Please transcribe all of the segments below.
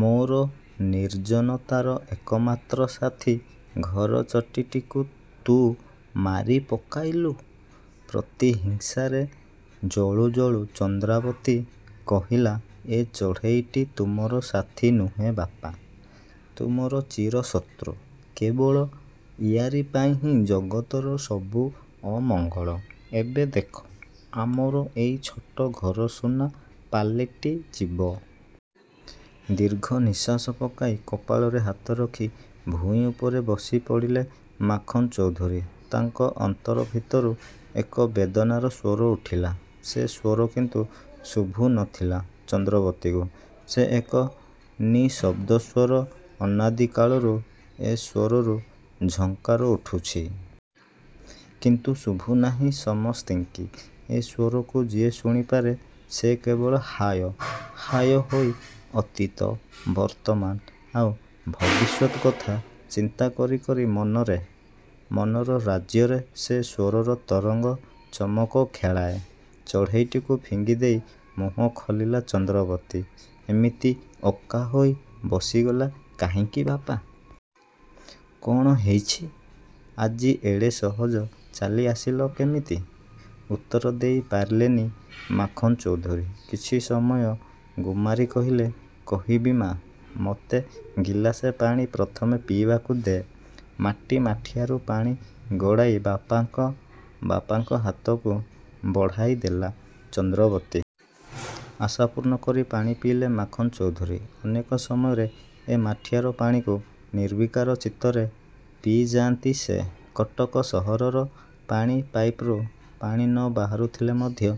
ମୋର ନିର୍ଜନତାର ଏକମାତ୍ର ସାଥୀ ଘରଚଟୀଟିକୁ ତୁ ମାରି ପକାଇଲୁ? '' ପ୍ରତିହିଂସାରେ ଜଳୁ ଜଳୁ ଚନ୍ଦ୍ରାବତୀ କହିଲା.. ''ଏ ଚଢେଇଟି ତୁମର ସାଥୀ ନୁହେଁ ବାପା-! ତୁମର ଚିର ଶତ୍ରୁ। କେବଳ ଇଆରି ପାଇଁ ହିଁ ଜଗତର ସବୁ ଅମଙ୍ଗଳ। ଏବେ ଦେଖ... ଆମର ଏଇ ଛୋଟ ଘର ସୁନା ପାଲଟି ଯିବ। '' ଦୀର୍ଘ ନିଃଶ୍ୱାସ ପକାଇ କପାଳରେ ହାତ ରଖି ଭୂଇଁ ଉପରେ ବସି ପଡ଼ିଲେ ମାଖନ୍ଚୌଧୁରୀ। ତାଙ୍କ ଅନ୍ତର ଭିତରୁ ଏକ ବେଦନାର ସ୍ୱର ଉଠିଲା। ସେ ସ୍ୱର କିନ୍ତୁ ଶୁଭୁ ନ ଥିଲା ଚନ୍ଦ୍ରାବତୀକୁ। ସେ ଏକ ନିଃଶବ୍ଦସ୍ୱର। ଅନାଦି କାଳରୁ ଏ ସ୍ୱରରୁ ଝଙ୍କାର ଉଠୁଛି। କିନ୍ତୁ ଶୁଭୁନାହିଁ ସମସ୍ତିଙ୍କି। ଏ ସ୍ୱରକୁ ଯିଏ ଶୁଣିପାରେ.. ସେ କେବଳ ହାୟ... ହାୟ ହୋଇ ଅତୀତ, ବର୍ତ୍ତମାନ ଆଉ ଭବିଷ୍ୟତ କଥା ଚିନ୍ତା କରି କରି ମରେ। ମନର ରାଜ୍ୟରେ ସେ ସ୍ୱରର ତରଙ୍ଗ ଚମକ ଖେଳାଏ। ଚଢ଼େଇଟିକୁ ଫିଙ୍ଗିଦେଇ ମୁହଁ ଖୋଲିଲା ଚନ୍ଦ୍ରାବତୀ—''ଏମିତି ଅକ୍କା ହୋଇ ବସିଗଲା କାହିଁକି ବାପା? କ'ଣ ହେଇଛି? ଆଜି ଏଡ଼େ ସହଜ ଚାଲି ଆସିଲ କେମିତି? '' ଉତ୍ତର ଦେଇ ପାରିଲେ ନି ମାଖନ୍ଚୌଧୁରୀ। କିଛି ସମୟ ଗୁମ୍ମାରି କହିଲେ–''କହିବି ମା! ମୋତେ ଗିଲାସେ ପାଣି ପ୍ରଥମେ ପିଇବାକୁ ଦେ। '' ମାଟି ମାଠିଆରୁ ପାଣି ଗଡ଼ାଇ ବାପାଙ୍କ ବାପାଙ୍କ ହାତକୁ ବଢ଼ାଇ ଦେଲା ଚନ୍ଦ୍ରାବତୀ। ଆଶାପୂର୍ଣ୍ଣ କରି ପାଣି ପିଇଲେ ମାଖନ୍ଚୌଧୁରୀ। ଅନେକ ସମୟରେ ଏ ମାଠିଆର ପାଣିକୁ ନିର୍ବିକାର ଚିତ୍ତରେ ପିଇଯାଆନ୍ତି ସେ। କଟକ ସହରର ପାଣି ପାଇପାରୁ ପାଣି ନ ବାହାରୁଥିଲେ ମଧ୍ୟ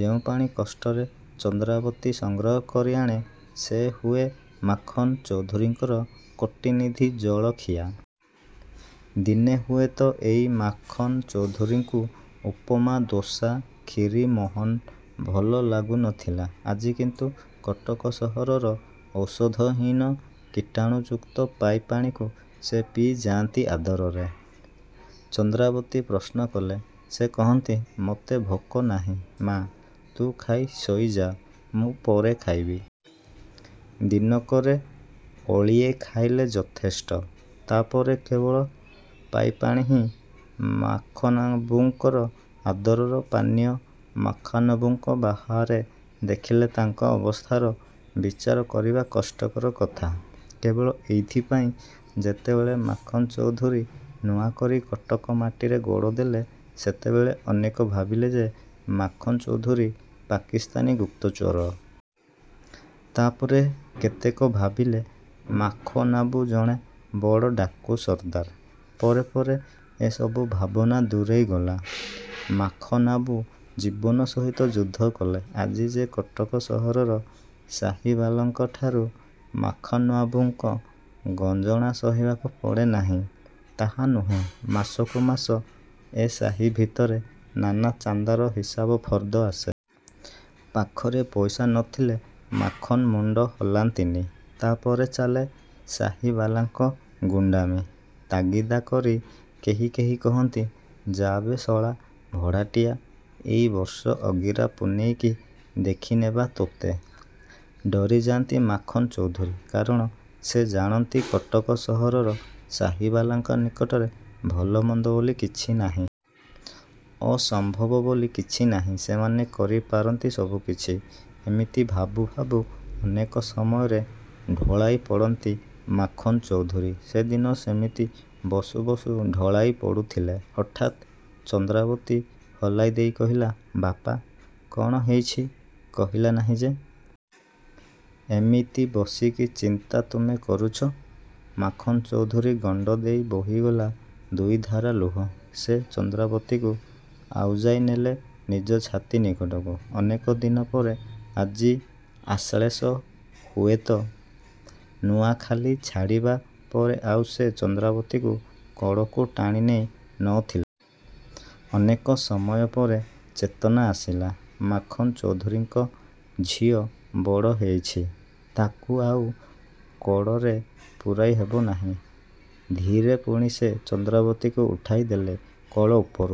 ଯେଉଁ ପାଣି କଷ୍ଟରେ ଚନ୍ଦ୍ରାବତୀ ସଂଗ୍ରହ କରି ଆଣେ—ସେ ହୁଏ ମାଖନ୍ଚୌଧୁରୀଙ୍କର କୋଟିନିଧି ଜଳଖିଆ। ଦିନେ ହୁଏତ ଏଇ ମାଖନ୍ଚୌଧୁରୀଙ୍କୁ ଉପମା... ଦୋସା... ଖିରିମୋହନ ଭଲ ଲାଗୁ ନ ଥିଲା। ଆଜି କିନ୍ତୁ... କଟକ ସହରର ଔଷଧହୀନ କୀଟାଣୁଯୁକ୍ତ ପାଇପ୍ ପାଣିକୁ ସେ ପିଇ ଯାଆନ୍ତି ଆଦରରେ। ଚନ୍ଦ୍ରାବତୀ ପ୍ରଶ୍ନକଲେ ସେ କହନ୍ତି.. ମୋତେ ଭୋକ ନାହିଁ ମା! ତୁ ଖାଇ ଶୋଇ ଯା, ମୁଁ ପରେ ଖାଇବି। ଦିନକରେ ଓଳିଏ ଖାଇଲେ ଯଥେଷ୍ଟ, ତା'ପରେ କେବଳ ପାଇପ୍ପାଣି ହିଁ ମାଖନ୍ବାବୁଙ୍କର ଆଦରର ପାନୀୟ। ମାଖନ୍ବାବୁଙ୍କୁ ବାହାରେ ଦେଖିଲେ ତାଙ୍କ ଅବସ୍ଥାର ବିଚାର କରିବା କଷ୍ଟକର କଥା। କେବଳ ଏଇଥିପାଇଁ ଯେତେବେଳେ ମାଖନ୍ଚୌଧୁରୀ ନୂଆ କରି କଟକ ମାଟିରେ ଗୋଡ଼ ଦେଲେ–ସେତେବେଳେ ଅନେକ ଭାବିଲେ ଯେ—ମାଖନ୍ଚୌଧୁରୀ ପାକିସ୍ଥାନୀ ଗୁପ୍ତଚର। ତା'ପରେ କେତେକ ଭାବିଲେ... ମାଖନ୍ବାବୁ ଜଣେ ବଡ଼ ଡାକୁ ସର୍ଦ୍ଦାର। ପରେ ପରେ ଏ ସବୁ ଭାବନା ଦୂରେଇ ଗଲା। ମାଖନ୍ବାବୁ ଜୀବନ ସହିତ ଯୁଦ୍ଧ କଲେ। ଆଜି ଯେ କଟକ ସହରର ସାହୀବାଲାଙ୍କଠାରୁ ମାଖନ୍ବାବୁଙ୍କ ଗଞ୍ଜଣା ସହିବାକୁ ପଡ଼େ ନାହିଁ... ତାହା ନୁହେଁ। ମାସକୁ ମାସ ଏ ସାହୀ ଭିତରେ ନାନା ଚାନ୍ଦାର ହିସାବ ଫର୍ଦ୍ଦ ଆସେ। ପାଖରେ ପଇସା ନ ଥିଲେ ମାଖନ୍ ମୁଣ୍ଡ ହଲାନ୍ତି। ତା'ପରେ ଚାଲେ ସାହୀବାଲାଙ୍କ ଗୁଣ୍ତାମୀ। ତାଗିଦା କରି କେହି କେହି କହନ୍ତି—''ଯାବେ ଶଳା ଭଡ଼ାଟିଆ.. ଏଇ ବର୍ଷ ଅଗିରା ପୂନେଇକି ଦେଖିନେବା ତୋତେ। '' ଡରିଯାଆନ୍ତି ମାଖନ୍ଚୌଧୁରୀ। କାରଣ ସେ ଜାଣନ୍ତି... କଟକ ସହରର ସାହୀବାଲାଙ୍କ ନିକଟରେ ଭଲ ମନ୍ଦ ବୋଲି କିଛି ନାହିଁ। ଅସମ୍ଭବ ବୋଲି କିଛି ନାହିଁ। ସେମାନେ କରି ପାରନ୍ତି ସବୁକିଛି। ଏମିତି ଭାବୁ ଭାବୁ ଅନେକ ସମୟରେ ଢୋଳାଇ ପଡ଼ନ୍ତି ମାଖନ ଚୌଧୁରୀ। ସେଦିନ ସେମିତି ବସୁ ବସୁ ଢୋଳାଇ ପଡ଼ୁଥିଲେ। ହଠାତ୍ ଚନ୍ଦ୍ରାବତୀ ହଲାଇ ଦେଇ କହିଲା—''ବାପା! କ'ଣ ହେଇଛି କହିଲା ନାହିଁ ଯେ? ଏମିତି ବସି କି ଚିନ୍ତା ତୁମେ କରୁଛ? '' ମାଖନ ଚୌଧୁରୀ ଗଣ୍ଡଦେଇ ବହିଗଲା ଦୁଇଧାରା ଲୁହ। ସେ ଚନ୍ଦ୍ରାବତୀକୁ ଆଉଜାଇ ନେଲେ ନିଜ ଛାତି ନିକଟକୁ। ଅନେକ ଦିନ ପରେ ଆଜି ଏ ଆଶ୍ଲେଷ। ହୁଏତ ନୂଆଖାଲି ଛାଡ଼ିବା ପରେ ଆଉ ସେ ଚନ୍ଦ୍ରାବତୀକୁ କୋଡ଼କୁ ଟାଣିନେଇ ନ ଥିଲେ। ଅନେକ ସମୟ ପରେ ଚେତନା ଆସିଲା ମାଖନ୍ଚୌଧୁରୀଙ୍କର। ଝିଅ ବଡ଼ ହେଇଛି। ତାକୁ ଆଉ କୋଡ଼ରେ ପୂରାଇ ହେବନାହିଁ। ଧୀରେ ପୁଣି ସେ ଚନ୍ଦ୍ରାବତୀକୁ ଉଠାଇ ଦେଲେ କୋଳ ଉପରୁ।